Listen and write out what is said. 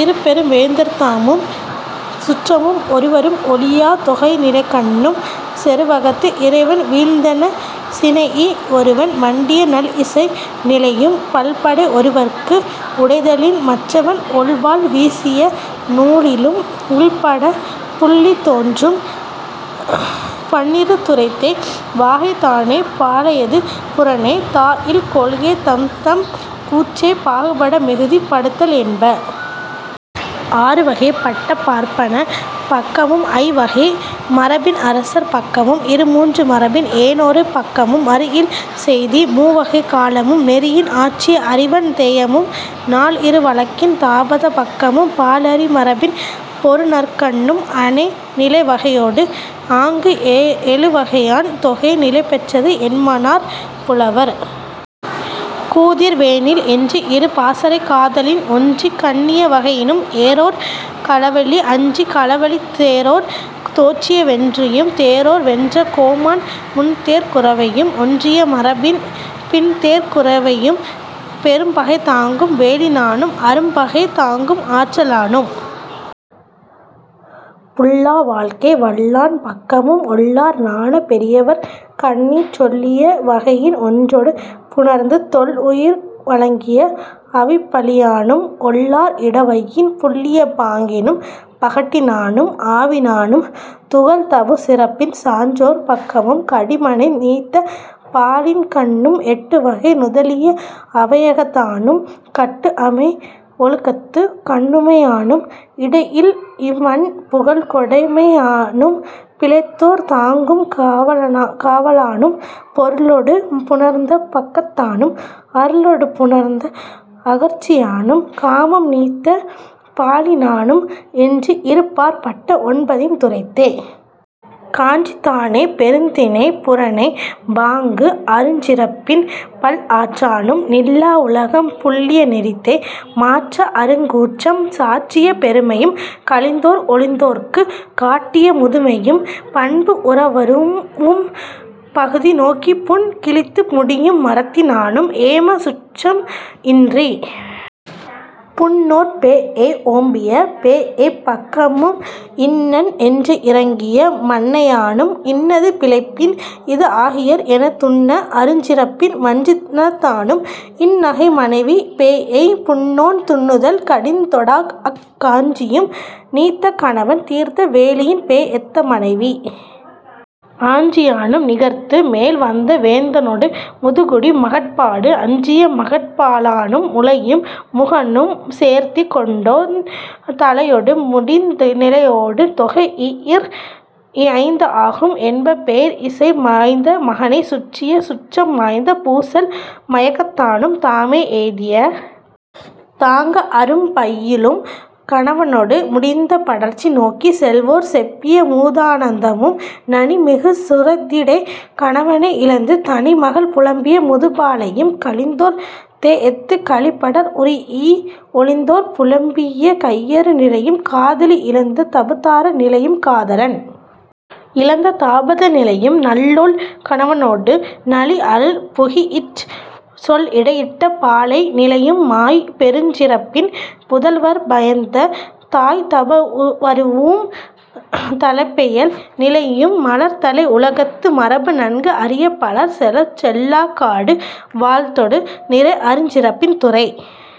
இரு பெரு வேந்தர்தாமும் சுற்றமும் ஒருவரும் ஒழியாத் தொகைநிலைக்கண்ணும் செருவகத்து இறைவன் வீழ்ந்தென சினைஇ ஒருவன் மண்டிய நல் இசை நிலையும் பல் படை ஒருவற்கு உடைதலின் மற்றவன் ஒள் வாள் வீசிய நூழிலும் உள்ப்படப் புல்லித் தோன்றும் பன்னிரு துறைத்தே. வாகைதானே பாலையது புறனே தா இல் கொள்கைத் தம்தம் கூற்றைப் பாகுபட மிகுதிப் படுத்தல் என்ப. ஆறு வகைப் பட்ட பார்ப்பனப் பக்கமும் ஐ வகை மரபின் அரசர் பக்கமும் இரு மூன்று மரபின் ஏனோரு பக்கமும் மறு இல் செய்தி மூ வகைக் காலமும் நெறியின் ஆற்றிய அறிவன் தேயமும் நால் இரு வழக்கின் தாபதப் பக்கமும் பால் அறி மரபின் பொருநர்கண்ணும் அனை நிலை வகையொடு ஆங்கு எழு வகையான் தொகை நிலைபெற்றது என்மனார் புலவர். கூதிர் வேனில் என்று இரு பாசறைக் காதலின் ஒன்றிக் கண்ணிய வகையினும் ஏரோர் களவழி அன்றி களவழித் தேரோர் தோற்றிய வென்றியும் தேரோர் வென்ற கோமான் முன்தேர்க் குரவையும் ஒன்றிய மரபின் பின்தேர்க் குரவையும் பெரும் பகை தாங்கும் வேலினானும் அரும் பகை தாங்கும் ஆற்றலானும் புல்லா வாழ்க்கை வல்லாண் பக்கமும் ஒல்லார் நாண பெரியவர்க் கண்ணிச் சொல்லிய வகையின் ஒன்றொடு புணர்ந்து தொல் உயிர் வழங்கிய அவிப்பலியானும் ஒல்லார் இடவயின் புல்லிய பாங்கினும் பகட்டினானும் ஆவினானும் துகள் தபு சிறப்பின் சான்றோர் பக்கமும் கடி மனை நீத்த பாலின்கண்ணும் எட்டு வகை நுதலிய அவையகத்தானும் கட்டு அமை ஒழுக்கத்துக் கண்ணுமையானும் இடை இல் இவ்வண் புகழ்க் கொடைமையானும் பிழைத்தோர்த் தாங்கும் காவலானும் பொருளொடு புணர்ந்த பக்கத்தானும் அருளொடு புணர்ந்த அகற்சியானும் காமம் நீத்த பாலினானும் என்று இரு பாற் பட்ட ஒன்பதின் துறைத்தே. காஞ்சிதானே பெருந்திணைப் புறனே பாங்கு அருஞ் சிறப்பின் பல் ஆற்றானும் நில்லா உலகம் புல்லிய நெறித்தே. மாற்ற அருங் கூற்றம் சாற்றிய பெருமையும் கழிந்தோர் ஒழிந்தோர்க்குக் காட்டிய முதுமையும் பண்பு உற வரூஉம் பகுதி நோக்கிப் புண் கிழித்து முடியும் மறத்தினானும் ஏமச் சுற்றம் இன்றிப் புண்ணோற் பேஎய் ஓம்பிய பேஎய்ப் பக்கமும் இன்னன் என்று இரங்கிய மன்னையானும் இன்னது பிழைப்பின் இது ஆகியர் எனத் துன்ன அருஞ் சிறப்பின் வஞ்சினத்தானும் இன் நகை மனைவி பேஎய் புண்ணோன் துன்னுதல் கடிந்த தொடாஅக் காஞ்சியும் நீத்த கணவன் தீர்த்த வேலின் பேஎத்த மனைவி ஆஞ்சியானும் நிகர்த்து மேல் வந்த வேந்தனொடு முதுகுடி மகட்பாடு அஞ்சிய மகட்பாலானும் முலையும் முகனும் சேர்த்திக் கொண்டோ ன் தலையொடு முடிந்த நிலையொடு தொகைஇ ஈர் ஐந்து ஆகும் என்ப பேர் இசை மாய்ந்த மகனைச் சுற்றிய சுற்றம் மாய்ந்த பூசல் மயக்கத்தானும் தாமே எய்திய தாங்க அரும் பையுளும் கணவனொடு முடிந்த படர்ச்சி நோக்கிச் செல்வோர் செப்பிய மூதானந்தமும் நனி மிகு சுரத்திடைக் கணவனை இழந்து தனி மகள் புலம்பிய முதுபாலையும் கழிந்தோர் தேஎத்துக் கழி படர் உறீஇ ஒழிந்தோர் புலம்பிய கையறு நிலையும் காதலி இழந்த தபுதார நிலையும் காதலன் இழந்த தாபத நிலையும் நல்லோள் கணவனொடு நளி அழல் புகீஇச் சொல் இடையிட்ட பாலை நிலையும் மாய் பெருஞ் சிறப்பின் புதல்வற் பயந்த தாய் தப வரூஉம் தலைப்பெயல் நிலையும் மலர் தலை உலகத்து மரபு நன்கு அறியப் பலர் செலச் செல்லாக் காடு வாழ்த்தொடு நிறை அருஞ் சிறப்பின் துறை